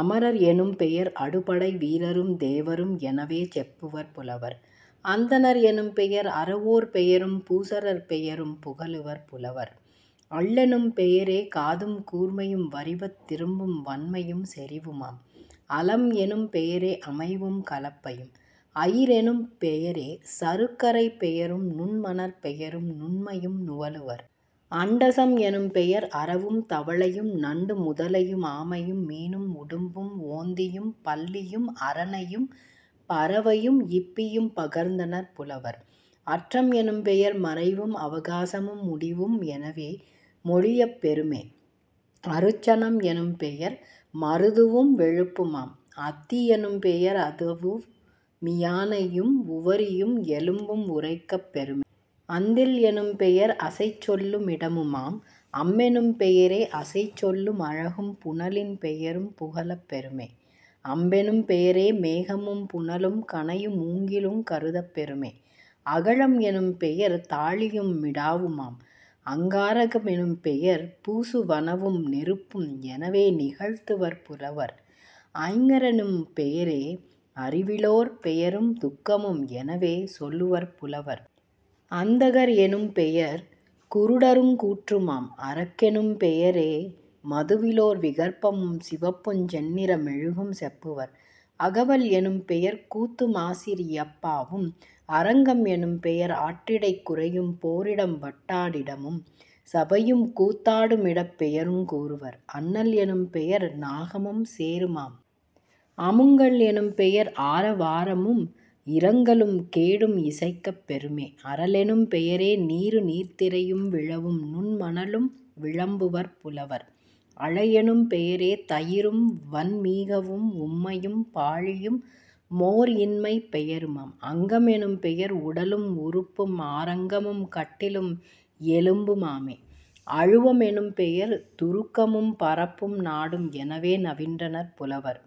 அமரர் எனும்பெயர் அடுபடை வீரரும் தேவரும் எனவே செப்புவர் புலவர்..... அந்தணர் எனும்பெயர் அறவோர் பெயரும் பூசுரர் பெயரும் புகலுவர் புலவர்..... அள்ளெனும் பெயரே காதும் கூர்மையும் வரிபத் திரும்பும் வன்மையும் செறிவுமாம்..... அலம்எனும் பெயரே அமைவும் கலப்பையும்..... அயிரெனும் பெயரே சருக்கரைப் பெயரும் நுண்மணற் பெயரும் நுண்மையும் நுவலுவர்..... அண்டசம் எனும்பெயர் அரவும் தவளையும் நண்டு முதலையு மாமையு மீனும் உடும்பும் ஓந்தியும் பல்லியும் அரணையும் பறவையும் இப்பியும் பகர்ந்தனர் புலவர்..... அற்றம் எனும்பெயர் மறைவும் அவகாசமு முடிவும் எனவே மொழியப் பெறுமே..... அருச்சுனம் எனும்பெயர் மருதுவும் வெளுப்புமாம்.... அத்தி யெனும்பெய ரதவு மியானையும் உவரியும் எலும்பும் உரைக்கப் பெறுமே..... அந்தில் எனும்பெயர் அசைச்சொல்லு மிடமுமாம்..... அம்மெனும் பெயரே அசைச்சொல்லு மழகும் புனலின் பெயரும் புகலப் பெறுமே..... அம்பெனும் பெயரே மேகமும் புனலும் கணையு மூங்கிலுங் கருதப் பெறுமே..... அகளம் எனும்பெயர் தாழியும் மிடாவுமாம்..... அங்காரக மெனும்பெயர் பூசு வனவும் நெருப்பும் எனவே நிகழ்த்துவர் புலவர்..... அஞரெனும் பெயரே அறிவிலோர் பெயரும் துக்கமும் எனவே சொல்லுவர் புலவர்..... அந்தகர் எனும் பெயர் குருடருங் கூற்றுமாம்..... அரக்கெனும் பெயரே மதுவிலோர் விகற்பமும் சிவப்புஞ் சென்னிற மெழுகும் செப்புவர்..... அகவல் எனும்பெயர் கூத்துமாசி ரியப்பாவும்..... அரங்கம் எனும்பெயர் ஆற்றிடைக் குறையும் போரிடம் வட்டா டிடமும் சபையும் கூத்தா டுமிடப் பெயருங் கூறுவர்..... அன்னல் எனும்பெயர் நாகமும் சேறுமாம்..... அமுங்கல் எனும்பெயர் ஆர வாரமும் இரங்கலும் கேடும் இசைக்கப் பெறுமே..... அறலெனும் பெயரே நீரு நீர்த்திரையும் விழவும் நுண்மணலும் விளம்புவர் புலவர்..... அளையெனும் பெயரே தயிரும் வன்மீகவும் உம்மையும் பாளியும் மோர்இன்மைப் பெயருமாம்..... அங்கம் எனும்பெயர் உடலும் உறுப்பும் ஆறங்கமும் கட்டிலும் எலும்பு மாமே..... அழுவ மெனும்பெயர் துருக்கமும் பரப்பும் நாடும் எனவே நவின்றனர் புலவர்.....।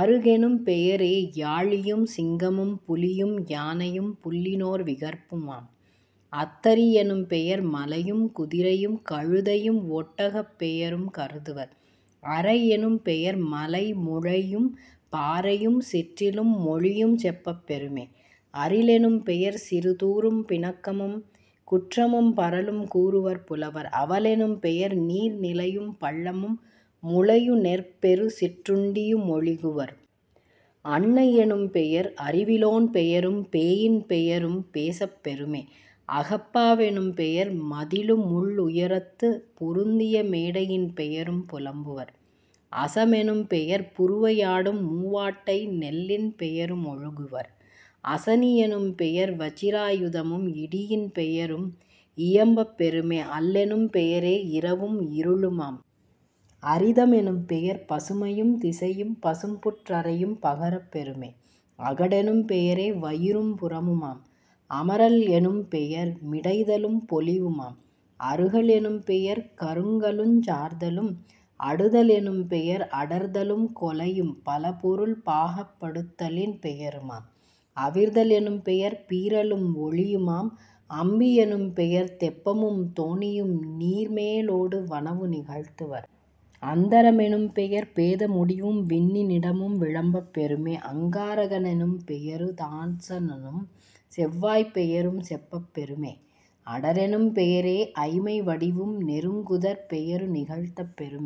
அறுகெனும் பெயரே யாளியும் சிங்கமும் புலியும் யானையும் புல்லினோர் விகற்புமாம்..... அத்திரி யெனும்பெயர் மலையும் குதிரையும் கழுதையும் ஒட்டகப் பெயரும் கருதுவர்..... அறையெனும் பெயர்மலை முழையும் பாறையும் சிற்றிலும் மொழியும் செப்பப் பெறுமே..... அரிலெனும் பெயர்சிறு தூறும் பிணக்கமும் குற்றமும் பரலும் கூறுவர் புலவர்..... அவலெனும் பெயர்நீர் நிலையும் பள்ளமும் முளையு நெற்பெறு சிற்றுண்டியு மொழிகுவர்..... அண்ணை யெனும்பெயர் அறிவிலோன் பெயரும் பேயின் பெயரும் பேசப் பெறுமே..... அகப்பா வெனும்பெயர் மதிளுமுள் ளுயரத்துப் பொருந்திய மேடையின் பெயரும் புலம்புவர்..... அசமெ னும்பெயர் புருவை யாடும் மூவாட்டை நெல்லின் பெயரு மொழிகுவர்..... அசனி யெனும்பெயர் வச்சிரா யுதமும் இடியின் பெயரும் இயம்பப் பெறுமே..... அல்லெனும் பெயரே இரவும் இருளுமாம்..... அரிதம் எனும்பெயர் பசுமையும் திசையும் பசும்புற் றரையும் பகரப் பெறுமே..... அகடெனும் பெயரே வயிறும் புறமுமாம்..... அமரல் எனும்பெயர் மிடைதலும் பொலிவுமாம்..... அருகல் எனும்பெயர் கருங்கலுஞ் சார்தலும்..... அடுதல் எனும்பெயர் அடர்தலும் கொலையும் பலபொருள் பாகப் படுத்தலின் பெயருமாம்..... அவிர்தல் எனும்பெயர் பீறலும் ஒளியுமாம்..... அம்பி யெனும்பெயர் தெப்பமும் தோணியும் நீர்மே லோடு வனவு நிகழ்த்துவர்..... அந்தர மெனும்பெயர் பேத முடிவும் விண்ணி னிடமும் விளம்பப் பெறுமே..... அங்கா ரகனெனும் பெயருதா சனனும் செவ்வாய்ப் பெயரும் செப்பப் பெறுமே..... அடரெனும் பெயரே ஐமை வடிவும் நெருங்குதற் பெயரு நிகழ்த்தப் பெறுமே.